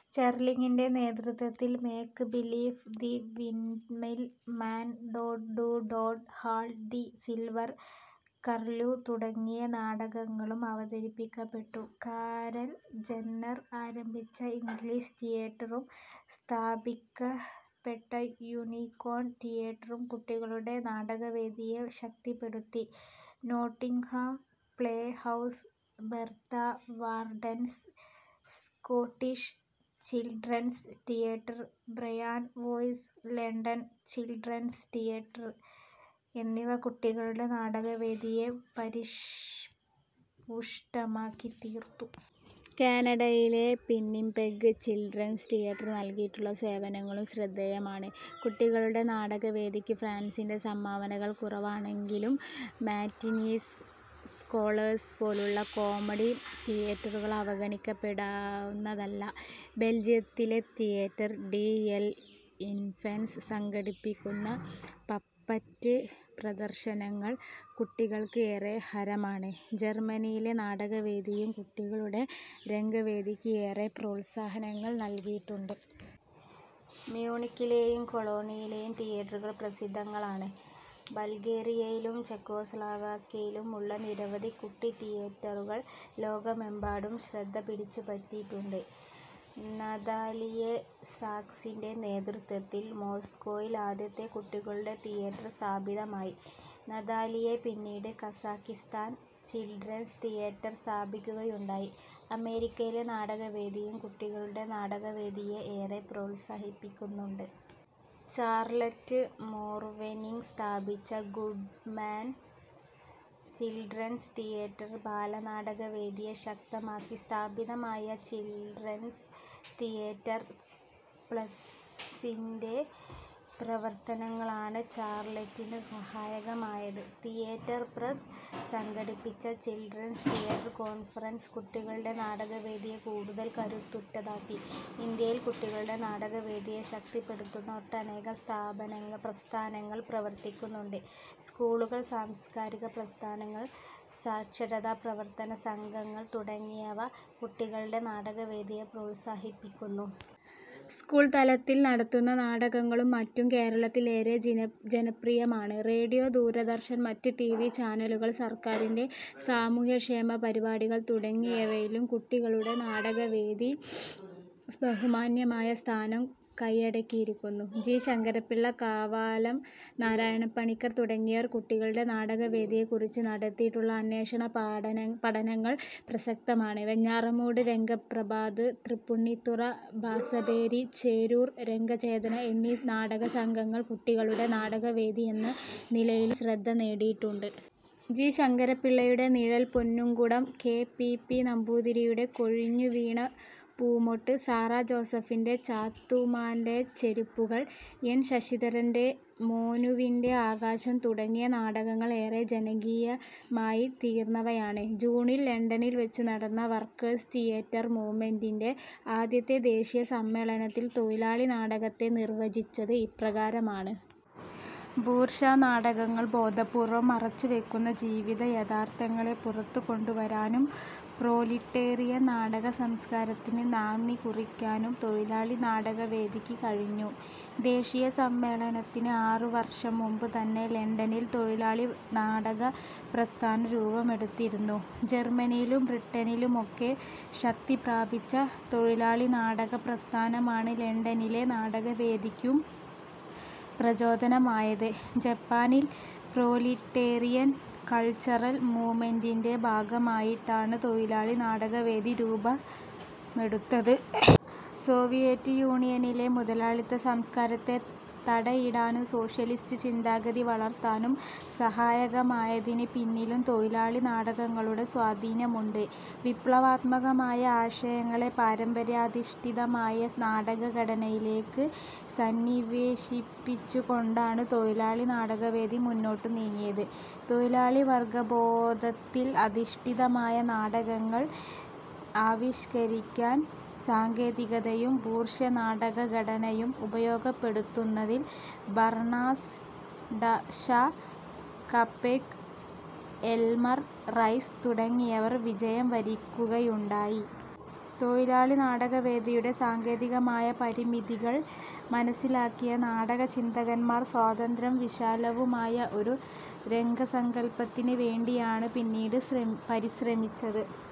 സ്റ്റെർലിങ്ങിൻ്റെ നേതൃത്വത്തിൽ make believe, the windmill man, Toad to Toad Hall, the silver curlew തുടങ്ങിയ നാടകങ്ങളും അവതരിക്കപ്പെട്ടു. Carol ജന്നർ ആരംഭിച്ച English തിയേറ്ററും സ്ഥാപിക്കപ്പെട്ട യൂനിക്കോൺ തിയേറ്ററും കുട്ടികളുടെ നാടകവേദിയെ ശക്തിപ്പെടുത്തി. Nottingham play house, Bertha Wardens Scottish children's theatre, Brian Way's London children's theatre എന്നിവ കുട്ടികളുടെ നാടകവേദിയെ പരിഷ്പുഷ്ടമാക്കിത്തീർത്തു. കാനഡയിലെ പിന്നിപെഗ് ചിൽഡ്രൻസ് തിയേറ്റർ നൽകിയിട്ടുള്ള സേവനങ്ങളും ശ്രദ്ധേയമാണ്. കുട്ടികളുടെ നാടകവേദിക്ക് ഫ്രാൻസിൻ്റെ സംഭാവനകൾ കുറവാണെങ്കിലും മാറ്റിനീസ് സ്കോളേഴ്സ് പോലുള്ള കോമഡി തിയേറ്ററുകൾ അവഗണിക്കപ്പെടാവുന്നതല്ല. ബെൽജിയത്തിലെ തിയേറ്റർ ഡി എൽ ഇൻഫൻസ് സംഘടിപ്പിക്കുന്ന പപ്പറ്റ് പ്രദർശനങ്ങൾ കുട്ടികൾക്ക് ഏറെ ഹരമാണ്. ജർമനിയിലെ നാടകവേദിയും കുട്ടികളുടെ രംഗവേദിക്ക് ഏറെ പ്രോത്സാഹനങ്ങൾ നൽകിയിട്ടുണ്ട്. മ്യൂണിക്കിലെയും കൊളോണിലെയും തിയേറ്ററുകൾ പ്രസിദ്ധങ്ങളാണ്. ബൾഗേറിയയിലും ചെക്കോസ്ലോവാക്യയിലും ഉള്ള നിരവധി കുട്ടി തിയേറ്ററുകൾ ലോകമെമ്പാടും ശ്രദ്ധ പിടിച്ചുപറ്റിയിട്ടുണ്ട്. നതാലിയേ സാക്സിൻ്റെ നേതൃത്വത്തിൽ മോസ്കോയിൽ ആദ്യത്തെ കുട്ടികളുടെ തിയേറ്റർ സ്ഥാപിതമായി. നതാലിയേ പിന്നീട് കസാക്കിസ്താൻ ചിൽഡ്രൻസ് തിയേറ്റർ സ്ഥാപിക്കുകയുണ്ടായി. അമേരിക്കയിലെ നാടകവേദിയും കുട്ടികളുടെ നാടകവേദിയെ ഏറെ പ്രോത്സാഹിപ്പിക്കുന്നുണ്ട്. ചാർലറ്റ് മോർവെനിങ് സ്ഥാപിച്ച ഗുസ്മാൻ ചിൽഡ്രൻസ് തിയേറ്റർ ബാലനാടകവേദിയെ ശക്തമാക്കി. സ്ഥാപിതമായ ചിൽഡ്രൻസ് തിയേറ്റർ പ്രസ്സിൻ്റെ പ്രവർത്തനങ്ങളാണ് ചാർലറ്റിന് സഹായകമായത്. തിയേറ്റർ പ്രസ് സംഘടിപ്പിച്ച ചിൽഡ്രൻസ് തിയേറ്റർ കോൺഫറൻസ്, കുട്ടികളുടെ നാടകവേദിയെ കൂടുതൽ കരുത്തുറ്റതാക്കി. ഇന്ത്യയിൽ, കുട്ടികളുടെ നാടകവേദിയെ ശക്തിപ്പെടുത്തുന്ന ഒട്ടനേകം സ്ഥാപനങ്ങൾ പ്രസ്ഥാനങ്ങൾ പ്രവർത്തിക്കുന്നുണ്ട്. സ്കൂളുകൾ, സാംസ്കാരിക പ്രസ്ഥാനങ്ങൾ, സാക്ഷരതാ പ്രവർത്തനസംഘങ്ങൾ തുടങ്ങിയവ കുട്ടികളുടെ നാടകവേദിയെ പ്രോത്സാഹിപ്പിക്കുന്നു. സ്കൂൾ തലത്തിൽ നടത്തുന്ന നാടകങ്ങളും മറ്റും കേരളത്തിൽ ഏറെ ജന ജനപ്രിയമാണ്. റേഡിയോ, ദൂരദർശൻ, മറ്റ് ടിവി ചാനലുകൾ, സർക്കാരിൻ്റെ സാമൂഹ്യക്ഷേമ പരിപാടികൾ തുടങ്ങിയവയിലും കുട്ടികളുടെ നാടകവേദി ബഹുമാന്യമായ സ്ഥാനം കയ്യടക്കിയിരിക്കുന്നു. ജി ശങ്കരപ്പിള്ള, കാവാലം നാരായണപ്പണിക്കർ തുടങ്ങിയവർ കുട്ടികളുടെ നാടകവേദിയെക്കുറിച്ച് നടത്തിയിട്ടുള്ള അന്വേഷണപാഠന പഠനങ്ങൾ പ്രസക്തമാണ്. വെഞ്ഞാറമൂട് രംഗപ്രഭാത്, തൃപ്പൂണിത്തുറ ഭാസഭേരി, ചേരൂർ രംഗചേതന എന്നീ നാടകസംഘങ്ങൾ കുട്ടികളുടെ നാടകവേദി എന്ന നിലയിലും ശ്രദ്ധ നേടിയിട്ടുണ്ട്. ജി ശങ്കരപ്പിള്ളയുടെ Nizhal, Ponnumkudam, K P P നമ്പൂതിരിയുടെ കൊഴിഞ്ഞുവീണ പൂമൊട്ട്, സാറാ ജോസഫിൻ്റെ ചാത്തുമ്മാൻ്റെ ചെരുപ്പുകൾ, എൻ ശശിധരൻ്റെ മോനുവിൻ്റെ ആകാശം തുടങ്ങിയ നാടകങ്ങൾ ഏറെ ജനകീയമായിത്തീർന്നവയാണ്. ജൂണിൽ ലണ്ടനിൽ വെച്ചുനടന്ന വർക്കേഴ്സ് തിയേറ്റർ മൂവ്മെൻ്റിൻ്റെ ആദ്യത്തെ ദേശീയ സമ്മേളനത്തിൽ തൊഴിലാളി നാടകത്തെ നിർവചിച്ചത് ഇപ്രകാരമാണ്. ബൂർഷ്വാ നാടകങ്ങൾ ബോധപൂർവം മറച്ചുവെക്കുന്ന ജീവിത യഥാർത്തങ്ങളെ പുറത്തുകൊണ്ടുവരാനും പ്രോലിട്ടേറിയൻ നാടക സംസ്കാരത്തിന് നാന്ദി കുറിക്കാനും തൊഴിലാളി നാടകവേദിക്കു കഴിഞ്ഞു. ദേശീയ സമ്മേളനത്തിന് ആറുവർഷം മുമ്പുതന്നെ ലണ്ടനിൽ തൊഴിലാളി നാടകപ്രസ്ഥാനം രൂപമെടുത്തിരുന്നു. ജർമനിയിലും ബ്രിട്ടനിലുമൊക്കെ ശക്തിപ്രാപിച്ച തൊഴിലാളിനാടക പ്രസ്ഥാനമാണ് ലണ്ടനിലെ നാടകവേദിക്കും പ്രചോദനമായത്. ജപ്പാനിൽ പ്രോലിട്ടേറിയൻ കൾച്ചറൽ മൂവ്മെൻ്റിൻ്റെ ഭാഗമായിട്ടാണ് തൊഴിലാളി നാടകവേദി രൂപമെടുത്തത്. സോവിയറ്റ് യൂണിയനിലെ മുതലാളിത്തസംസ്കാരത്തെ തടയിടാനും സോഷ്യലിസ്റ്റ് ചിന്താഗതി വളർത്താനും സഹായകമായതിന് പിന്നിലും തൊഴിലാളി നാടകങ്ങളുടെ സ്വാധീനമുണ്ട്. വിപ്ലവാത്മകമായ ആശയങ്ങളെ, പാരമ്പര്യാധിഷ്ഠിതമായ നാടകഘടനയിലേക്ക് സന്നിവേശിപ്പിച്ചുകൊണ്ടാണ് തൊഴിലാളി നാടകവേദി മുന്നോട്ട് നീങ്ങിയത്. തൊഴിലാളിവർഗബോധത്തിൽ അധിഷ്ഠിതമായ നാടകങ്ങൾ ആവിഷ്കരിക്കാൻ സാങ്കേതികതയും ബൂർഷ്വാനാടകഘടനയും ഉപയോഗപ്പെടുത്തുന്നതിൽ Bernard Shaw, Capek, Elmer Rice തുടങ്ങിയവർ വിജയം വരിക്കുകയുണ്ടായി. തൊഴിലാളിനാടകവേദിയുടെ സാങ്കേതികമായ പരിമിതികൾ മനസ്സിലാക്കിയ നാടക ചിന്തകന്മാർ, സ്വാതന്ത്രവും വിശാലവുമായ ഒരു രംഗസങ്കൽപ്പത്തിന് വേണ്ടിയാണ് പിന്നീട് പരിശ്രമിച്ചത്.